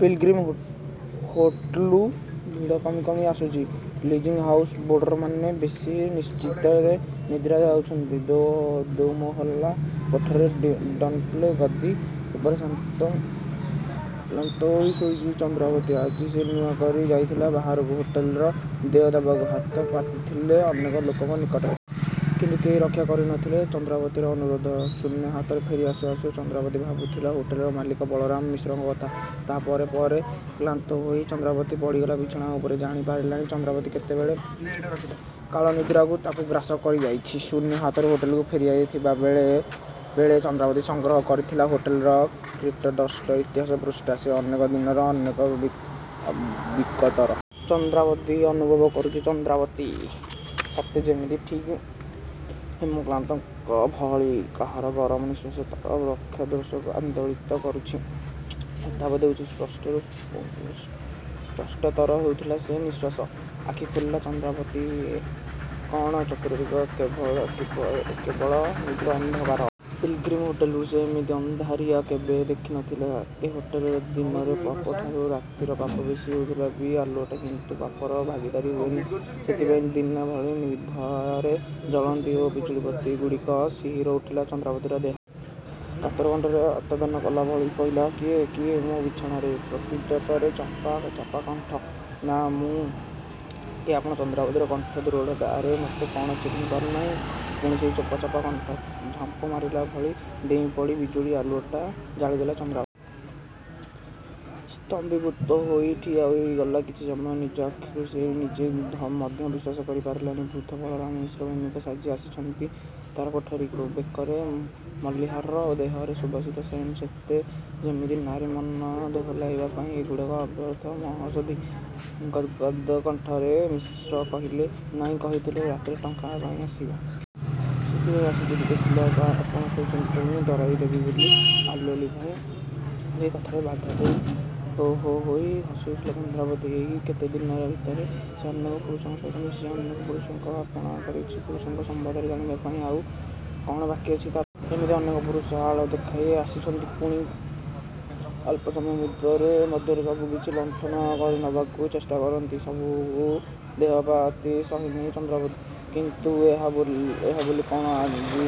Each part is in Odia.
ପିଲ୍ଗ୍ରିମ ହୋଟେଲ୍ରୁ ଭିଡ଼ କମି କମି ଆସୁଛି। ଲଜିଂ ହାଉସ୍ର ବୋଡ଼ରମାନେ ବେଶ୍ ନିଶ୍ଚିନ୍ତରେ ନିଦ୍ରା ଯାଇଛନ୍ତି। ଦୋମହଲା କୋଠରୀର ଡନ୍ଲପ୍ ଗଦି ଉପରେ ଶ୍ରାନ୍ତ କ୍ଳାନ୍ତ ହୋଇ ଶୋଇଛି ଚନ୍ଦ୍ରାବତୀ। ଆଜି ସେ ନୂଆ କରି ଯାଇଥିଲା ବାହାରକୁ। ହୋଟେଲର ଦେୟ ଦେବାକୁ ହାତ ପାତିଥିଲା ଅନେକ ଲୋକଙ୍କ ନିକଟରେ। କିନ୍ତୁ କେହି ରକ୍ଷା କରି ନ ଥିଲେ ଚନ୍ଦ୍ରାବତୀର ଅନୁରୋଧ। ଶୂନ୍ୟ ହାତରେ ଫେରି ଆସୁ ଆସୁ ଚନ୍ଦ୍ରାବତୀ ଭାବୁଥିଲା ହୋଟେଲ ମାଲିକ ବଳରାମ ମିଶ୍ରଙ୍କ କଥା। ତା'ପରେ ତା'ପରେ କ୍ଳାନ୍ତ ହୋଇ ଚନ୍ଦ୍ରାବତୀ ପଡ଼ିଗଲା ବିଛଣା ଉପରେ। ଜାଣି ପାରିନି ଚନ୍ଦ୍ରାବତୀ କେତେବେଳେ କାଳ ନିଦ୍ରା ତାକୁ ଗ୍ରାସ କରି ଯାଇଛି ଶୂନ୍ୟ ହାତରେ ହୋଟେଲକୁ ଫେରିଥିବା ବେଳେ କେବଳ ଚନ୍ଦ୍ରାବତୀ ସଂଗ୍ରହ କରିଥିଲା ହୋଟେଲର କୀଟଦ୍ରଂଷ୍ଟ ଇତିହାସ ପୃଷ୍ଠା, ସେ ଅନେକ ଦିନର, ସେ ଅନେକ ବିଗତର। ଚନ୍ଦ୍ରାବତୀ ଅନୁଭବ କରୁଛି ଚନ୍ଦ୍ରାବତୀ। ସତେ ଯେମିତି ଠିକ୍ ହେମକାନ୍ତଙ୍କ ଭଳି କାହାର ଗରମ ନିଃଶ୍ୱାସ ତା'ର ବକ୍ଷ ଦେଶକୁ ଆନ୍ଦୋଳିତ କରୁଛି। ଉତ୍ତାପ ଦେଉଛି। ସ୍ପଷ୍ଟରୁ ସ୍ପଷ୍ଟତର ହେଉଥିଲା ସେ ନିଶ୍ୱାସ। ଆଖି ଖୋଲିଲା ଚନ୍ଦ୍ରାବତୀଏ କ'ଣ? ଚତୁର୍ଦିଗ ଯେ କେବଳ ନିବିଡ଼ ଅନ୍ଧକାର! ପିଲ୍ଗ୍ରିମ ହୋଟେଲକୁ ସେ ଏମିତି ଅନ୍ଧାରିଆ କେବେ ଦେଖି ନ ଥିଲା। ଏ ହୋଟେଲରେ ଦିନର ପାପଠାରୁ ରାତିର ପାପ ବେଶୀ ହେଉଥିଲା ବି ଆଲୁଅଟା କିନ୍ତୁ ପାପର ଭାଗୀଦାର ହୁଏନି। ସେଇଥିପାଇଁ ଦିନ ଭଳି ନିର୍ଭୟରେ ଜଳନ୍ତି ଏ ବିଜୁଳିବତୀଗୁଡ଼ିକ। ଶିହରି ଉଠିଲା ଚନ୍ଦ୍ରାବତୀର ଦେହ। କାତର କଣ୍ଠରେ ଆର୍ତ୍ତନାଦ କଲା ଭଳି କହିଲା, "କିଏ? କିଏ ମୋ ବିଛଣାରେ?"ପ୍ରତ୍ୟୁତ୍ତରରେ ଚାପା ଚାପା କଣ୍ଠ, ନାଁ ମୁଁ।"କିଏ ଆପଣ?" ଚନ୍ଦ୍ରାବତୀର କଣ୍ଠରେ ଦୃଢ଼ତା।"ଆରେ ମୋତେ କ'ଣ ଚିହ୍ନି ପାରୁନାହିଁ?" ପୁଣି ସେହି ଚାପା ଚାପା କଣ୍ଠ। ଝାମ୍ପମାରିଲା ଭଳି ଡେଇଁ ପଡ଼ି ବିଜୁଳି ଆଲୁଅଟା ଜାଳିଦେଲା ଚନ୍ଦ୍ରାବତୀ। ସ୍ତମ୍ଭୀଭୂତ ହୋଇ ଠିଆ ହୋଇଗଲା କିଛି ସମୟ। ନିଜର ଆଖିକୁ ସେ ନିଜେ ମଧ୍ୟ ବିଶ୍ୱାସ କରି ପାରିଲାନି। ବୃଦ୍ଧ ବଳରାମ ମିଶ୍ର ପ୍ରେମିକ ସାଜି ଆସିଛନ୍ତି ତା'ର କୋଠରୀକୁ। ବେକରେ ମଲ୍ଲିହାର, ଦେହରେ ସୁବାସିତ ସେଣ୍ଟ୍ ସତେ ଯେମିତି ନାରୀ ମନ ଦୋହଲାଇବା ପାଇଁ ଏଗୁଡ଼ିକ ଅବ୍ୟର୍ଥ ମହୋଷଧୀ|ଗଦ୍ଗଦ୍ କଣ୍ଠରେ ମିଶ୍ର କହିଲେ, "ନାଇଁ, କହିଥିଲେ ରାତିରେ ଟଙ୍କା ପାଇଁ ଆସିବ। ସେଥିପାଇଁ ଆସିଥିଲି। ଦେଖିଲି ଆପଣ ଶୋଇଛନ୍ତି, ତେଣୁ ଡରାଇ ଦେବି ବୋଲି ଆଲୁଅ ଲିଭାଇ ଦେଇ. କଥାରେ ବାଧା ଦେଇ ହୋ ହୋ ହୋଇ ହସିଉଠିଲା ଚନ୍ଦ୍ରାବତୀ। ଏଇ କେତେଦିନ ଭିତରେ ସେ ଅନେକ ପୁରୁଷଙ୍କ ସହିତ ମିଶିଛି, ଅନେକ ପୁରୁଷଙ୍କୁ ଆପଣାର କରିଛି ପୁରୁଷଙ୍କ ସମ୍ୱନ୍ଧରେ ଜାଣିବା ପାଇଁ ଆଉ କ'ଣ ବାକି ଅଛି ତା'ର? ଏମିତି ଅନେକ ପୁରୁଷ ଆଳ ଦେଖାଇ ଆସନ୍ତି, ପୁଣି ଅଳ୍ପ ସମୟ ମଧ୍ୟରେ ସବୁ କିଛି ଲୁଣ୍ଠନ କରିନେବାକୁ ଚେଷ୍ଟା କରନ୍ତି। ସବୁକୁ ଦେହପାତି ସହିନିଏ ଚନ୍ଦ୍ରାବତୀ। କିନ୍ତୁ ଏହା ବୋଲି କ'ଣ ଆଜି ସେ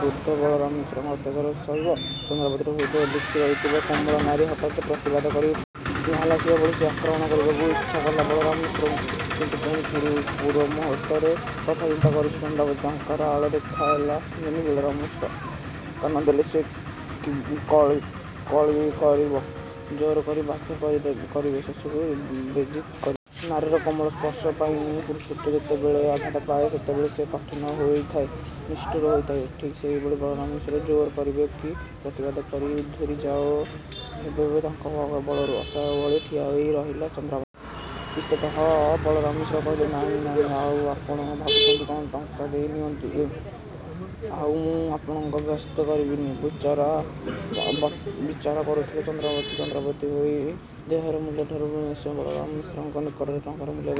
ବୃଦ୍ଧ ବଳରାମ ମିଶ୍ରଙ୍କ ଅତ୍ୟାଚାର ସହିବ? ଚନ୍ଦ୍ରାବତୀର ହୃଦୟରେ ଲୁଚି ରହିଥିବା କୋମଳ ନାରୀ ହଠାତ୍ ପ୍ରତିବାଦ କରି - ଘାଉଲା ସିଂହୀ ଭଳି ସେ ଆକ୍ରମଣ କରିବାକୁ ଇଚ୍ଛାକଲା ବଳରାମ ମିଶ୍ରଙ୍କୁ। କିନ୍ତୁ ପୁଣି ପରମୁହୂର୍ତ୍ତର କଥା ଚିନ୍ତା କରୁଛି ଚନ୍ଦ୍ରାବତୀ। ଟଙ୍କାର ଆଳ ଦେଖାଇ ଆସିଛନ୍ତି ବଳରାମ ମିଶ୍ର। ଟଙ୍କା ନ ଦେଲେ ସେ କଳି କରିବେ, ଜୋର କରି ବାଧ୍ୟ କରିବେ, ଶେଷକୁ ବେଜିତ୍ କରିବେ। ନାରୀର କୋମଳ ସ୍ପର୍ଶ ପାଇଁ ପୁରୁଷତ୍ୱ ଯେତେବେଳେ ଆଘାତ ପାଏ, ସେତେବେଳେ ସେ କଠିନ ହୋଇଉଠେ, ନିଷ୍ଠୁର ହୋଇଉଠେ। ଠିକ୍ ସେହିଭଳି ବଳରାମ ମିଶ୍ର ଜୋର କରିବେ। କି ପ୍ରତିବାଦ କରି ଉଧୁରି ଯାଇ ହେବ ତାଙ୍କ କବଳରୁ? ଅସହାୟ ଭଳି ଠିଆ ହୋଇ ରହିଲା ଚନ୍ଦ୍ରାବତୀ। ଇତସ୍ତତଃ ହୋଇ ବଳରାମ ମିଶ୍ର କହିଲେ, "ନାଇଁ ନାଇଁ, ଆଉ ଆପଣ ଭାବୁଛନ୍ତି କ'ଣ? ଟଙ୍କାଟା ଦେଇ ଦିଅନ୍ତୁ, ଆଉ ମୁଁ ଆପଣଙ୍କୁ ବ୍ୟସ୍ତ କରିବିନି।"ବିଚାର କରୁଥିଲା ଚନ୍ଦ୍ରାବତୀ ଚନ୍ଦ୍ରାବତୀର ଦେହର ମୂଲ୍ୟଠାରୁ ନିଶ୍ଚୟ ବଳରାମ ମିଶ୍ରଙ୍କ ନିକଟରେ ଟଙ୍କାର ମୂଲ୍ୟ ବେ-